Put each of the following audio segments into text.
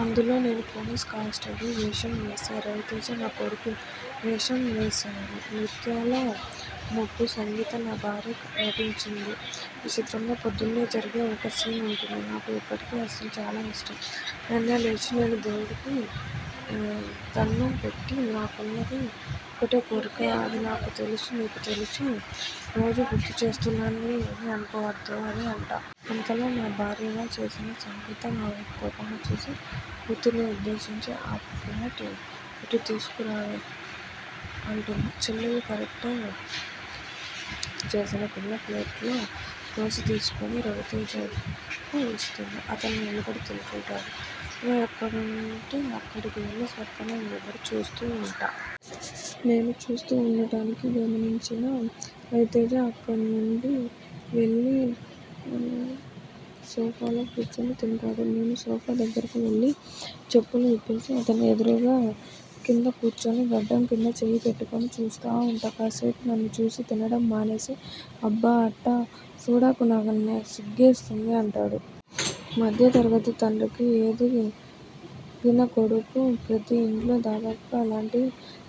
అందులో నేను police constable వేషం వేశా. రవితేజ నా కొడుకు వేషం వేశాడు. 'ముత్యాలముగ్గు' సంగీత నా భార్యగా నటించింది. ఆ చిత్రంలో పొద్దున్నే జరిగే ఒక సీన్ ఉంటుంది. నాకు ఇప్పటికీ ఆ సీన్ చాలా ఇష్టం. ఉదయాన్నే లేచి నేను దేవుడికి దణ్ణం పెట్టి 'నాకున్నది ఒకటే కోరిక అది నాకూ తెలుసు నీకూ తెలుసు రోజూ గుర్తుచేస్తున్నానని ఏమీ అనుకోవద్దు' అని అంటా. అంతలో నా భార్యగా చేసిన సంగీత నావైపు కోపంగా చూసి కూతురిని ఉద్దేశించి 'ఆ ప్లేట్ ఇటు తీసుకురావే' అంటుంది. చెల్లెలు కేరక్టర్ చేసిన పిల్ల ప్లేటులో దోశ తీసుకెళ్ళి రవితేజకు ఇస్తుంది. అతను నిలబడి తింటుంటాడు. అతను ఎక్కడుంటే అక్కడికి వెళ్ళి పక్కనే నిలబడి చూస్తూ ఉంటా. నేను చూస్తూ ఉండటాన్ని గమనించిన రవితేజ అక్కడినుంచి వెళ్ళి సోఫాలో కూర్చుని తింటాడు. నేను సోఫా దగ్గరకువెళ్ళి చెప్పులు విప్పేసి, అతనికి ఎదురుగా కింద కూర్చుని గడ్డం కింద చేయి పెట్టుకుని చూస్తా ఉంటా. కాసేపు నన్ను చూసి తినడం మానేసి 'అబ్బా అట్టా సూడకు నాన్నా సిగ్గేస్తుంది' అంటాడు. మధ్యతరగతి తండ్రికి, ఎదిగిన కొడుకు ప్రతి ఇంట్లో దాదాపుగా అలాంటి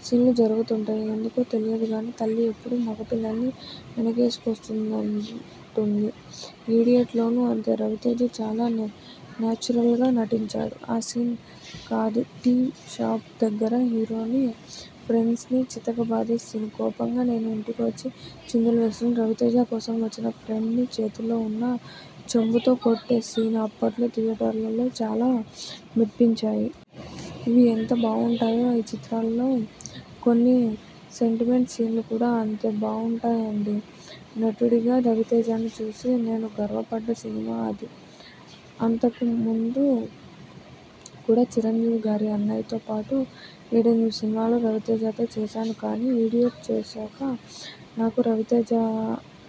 సీన్లు జరుగుతుంటాయి. ఎందుకో తెలియదుగానీ తల్లి ఎప్పుడూ మగపిల్లల్ని వెనకేసుకుని వస్తుంటుంది. 'ఇడియట్' లోనూ అంతే. రవితేజ చాలా నేచురల్గా నటించాడు. ఆ సీనే కాదు, టీ షాప్ దగ్గర హీరోని, ఫ్రెండ్స్ ని చితకబాదే సీను, కోపంగా నేను ఇంటికి వచ్చి చిందులు వేస్తుంటే రవితేజ కోసం వచ్చిన ఫ్రెండ్ని చేతిలో ఉన్న చెంబుతో కొట్టే సీను అప్పట్లో థియేటర్లలో చాలా మెప్పించాయి. ఇవి ఎంత బావుంటాయో ఈ చిత్రాలో కొన్ని సెంటిమెంట్ సీన్లు కూడా అంతే బావుంటాయండీ. నటుడిగా రవితేజను చూసి నేను గర్వపడ్డ సినిమా అది. అంతకు ముందు కూడా చిరంజీవిగారి 'అన్నయ్య' తో పాటు ఏడెనిమిది సినిమాలు రవితేజతో చేశాను కానీ 'ఇడియట్' చేశాక నాకు రవితేజ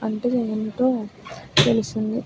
అంటే ఏంటో తెలిసింది.